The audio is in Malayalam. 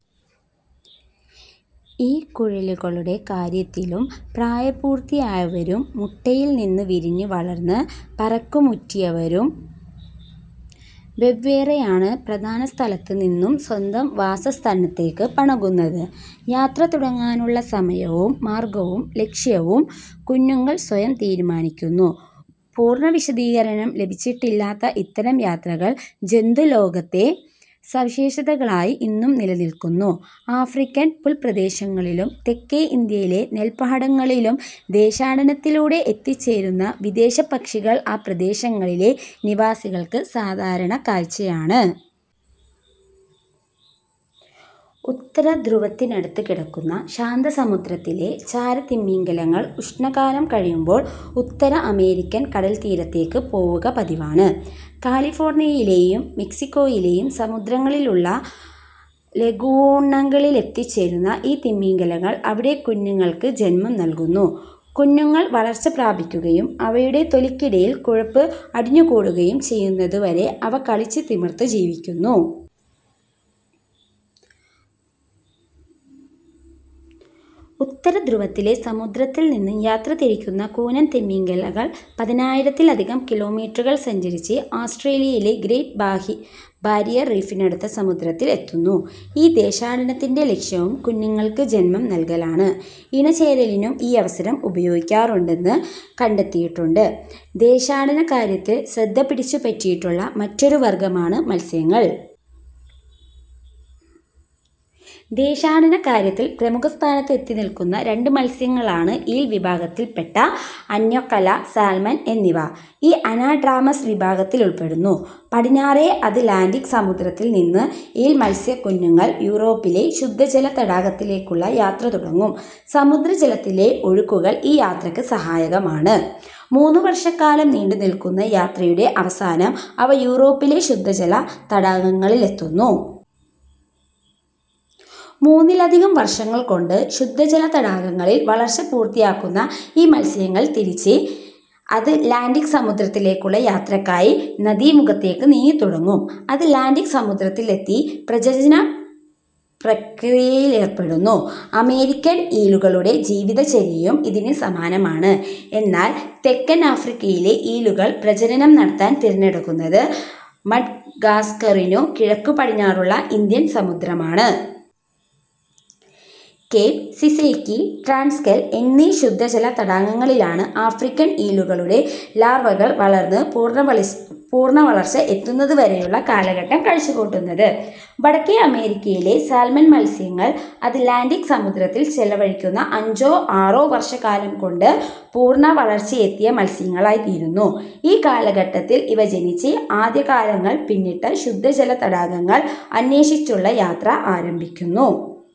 ഈ കുയിലുകളുടെ കാര്യത്തിലും പ്രായപൂർത്തിയായവരും മുട്ടയിൽനിന്നു വിരിഞ്ഞ് വളർന്ന് പറക്കമുറ്റിയവരും വെവ്വേറെയാണ് പ്രധാന സ്ഥലത്തുനിന്ന് സ്വന്തം വാസസ്ഥാനത്തേക്കു മടങ്ങുന്നത്. യാത്ര തുടങ്ങാനുള്ള സമയവും മാർഗവും ലക്ഷ്യവും കുഞ്ഞുങ്ങൾ സ്വയം തീരുമാനിക്കുന്നു. പൂർണ വിശദീകരണം ലഭിച്ചിട്ടില്ലാത്ത ഇത്തരം യാത്രകൾ ജന്തുലോകത്തെ സവിശേഷതകളായി ഇന്നും നിലനില്ക്കുന്നു. ആഫ്രിക്കൻ പുൽപ്രദേശങ്ങളിലും തെക്കേ ഇന്ത്യയിലെ നെൽപ്പാടങ്ങളിലും ദേശാടനത്തിലൂടെ എത്തിച്ചേരുന്ന വിദേശപ്പക്ഷികൾ ആ പ്രദേശങ്ങളിലെ നിവാസികൾക്ക് സാധാരണ കാഴ്ചയാണ്. ഉത്തരധ്രുവത്തിനടുത്തു കിടക്കുന്ന ശാന്തസമുദ്രത്തിലെ ചാരത്തിമിംഗിലങ്ങൾ ഉഷ്ണകാലം കഴിയുമ്പോൾ ഉത്തര അമേരിക്കൻ കടൽത്തീരത്തേക്കു പോവുക പതിവാണ്. കാലിഫോർണിയയിലെയും മെക്സിക്കോയിലെയും സമുദ്രങ്ങളിലുള്ള ലഗൂണുകളിലെത്തിച്ചേരുന്ന ഈ തിമിംഗിലങ്ങൾ അവിടെ കുഞ്ഞുങ്ങൾക്ക് ജന്മം നല്കുന്നു. കുഞ്ഞുങ്ങൾ വളർച്ച പ്രാപിക്കുകയും അവയുടെ തൊലിക്കടിയിൽ കൊഴുപ്പ് അടിഞ്ഞുകൂടുകയും ചെയ്യുന്നതുവരെ അവ കളിച്ചു തിമിർത്ത് ജീവിക്കുന്നു. ഉത്തരധ്രുവത്തിലെ സമുദ്രത്തിൽനിന്നു യാത്ര തിരിക്കുന്ന കൂനൻ തിമിംഗിലങ്ങൾ പതിനായിരത്തിലധികം കിലോമീറ്ററുകൾ സഞ്ചരിച്ച് ആസ്റ്റ്രേലിയയിലെ ഗ്രേറ്റ് ബാരിയർ റീഫിനടുത്ത സമുദ്രത്തിൽ എത്തുന്നു. ഈ ദേശാടനത്തിന്റെ ലക്ഷ്യവും കുഞ്ഞുങ്ങൾക്ക് ജന്മം നല്കലാണ്. ഇണചേരലിനും ഈ അവസരം ഉപയോഗിക്കാറുണ്ട് എന്നു കണ്ടെത്തിയിട്ടുണ്ട്. ദേശാടനക്കാര്യത്തിൽ ശ്രദ്ധ പിടിച്ചുപറ്റിയിട്ടുള്ള മറ്റൊരു വർഗമാണ് മത്സ്യങ്ങൾ. ദേശാടനക്കാര്യത്തിൽ പ്രമുഖസ്ഥാനത്ത് എത്തിനില്ക്കുന്ന രണ്ട് മത്സ്യങ്ങളാണ് ഈൽ വിഭാഗത്തിൽപ്പെട്ട ആൻക്വില, സാൽമൺ എന്നിവ. ഇവ അനാഡ്രാമസ് വിഭാഗത്തിലുൾ പ്പെടുന്നു. പടിഞ്ഞാറേ അത് ലാന്റിക് സമുദ്രത്തിൽനിന്ന് ഈൽ മത്സ്യക്കുഞ്ഞുങ്ങൾ യൂറോപ്പിലെ ശുദ്ധജല തടാകത്തിലേക്കുള്ള യാത്ര തുടങ്ങും. സമുദ്രജലത്തിലെ ഒഴുക്കുകൾ ഈ യാത്രയ്ക്കു സഹായകമാണ്. മൂന്നുവർഷക്കാലം നീണ്ടുനില്ക്കുന്ന യാത്രയുടെ അവസാനം അവ യൂറോപ്പിലെ ശുദ്ധജല തടാകങ്ങളിലെത്തുന്നു. മൂന്നിലധികം വർഷങ്ങൾകൊണ്ട് ശുദ്ധജല തടാകങ്ങളിൽ വളർച്ച പൂർത്തിയാക്കുന്ന ഈ മത്സ്യങ്ങൾ തിരിച്ച് അത് ലാന്റിക് സമുദ്രത്തിലേക്കുള്ള യാത്രയ്ക്കായി നദീമുഖത്തേക്കു നീങ്ങിത്തുടങ്ങും. അത് ലാന്റിക് സമുദ്രത്തിലെത്തി പ്രജനന പ്രക്രിയയിലേർ പ്പെടുന്നു. അമേരിക്കൻ ഈലുകളുടെ ജീവിതചര്യയും ഇതിനു സമാനമാണ്. എന്നാൽ തെക്കൻ ആഫ്രിക്കയിലെ ഈലുകൾ പ്രജനനം നടത്താൻ തിരഞ്ഞെടുക്കുന്നത് മഡഗാസ്ക്കറിനു കിഴക്കുപടിഞ്ഞാറുള്ള ഇന്ത്യൻ സമുദ്രമാണ്. കേപ്, സിസേക്കി, ട്രാൻസ്കെൽ എന്നീ ശുദ്ധജല തടാകങ്ങളിലാണ് ആഫ്രിക്കൻ ഈലുകളുടെ ലാർവകൾ വളർന്ന് പൂർണവളർച്ച എത്തുന്നതുവരെയുള്ള കാലഘട്ടം കഴിച്ചുകൂട്ടുന്നത്. വടക്കേ അമേരിക്കയിലെ സാൽമൺ മത്സ്യങ്ങൾ അത് ലാന്റിക് സമുദ്രത്തിൽ ചെലവഴിക്കുന്ന അഞ്ചോ ആറോ വർഷക്കാലം കൊണ്ട് പൂർണവളർച്ചയെത്തിയ മത്സ്യങ്ങളായിത്തീരുന്നു. ഈ കാലഘട്ടത്തിൽ ഇവ, ജനിച്ച് ആദ്യകാലങ്ങൾ പിന്നിട്ട ശുദ്ധജല തടാകങ്ങൾ അന്വേഷിച്ചുള്ള യാത്ര ആരംഭിക്കുന്നു.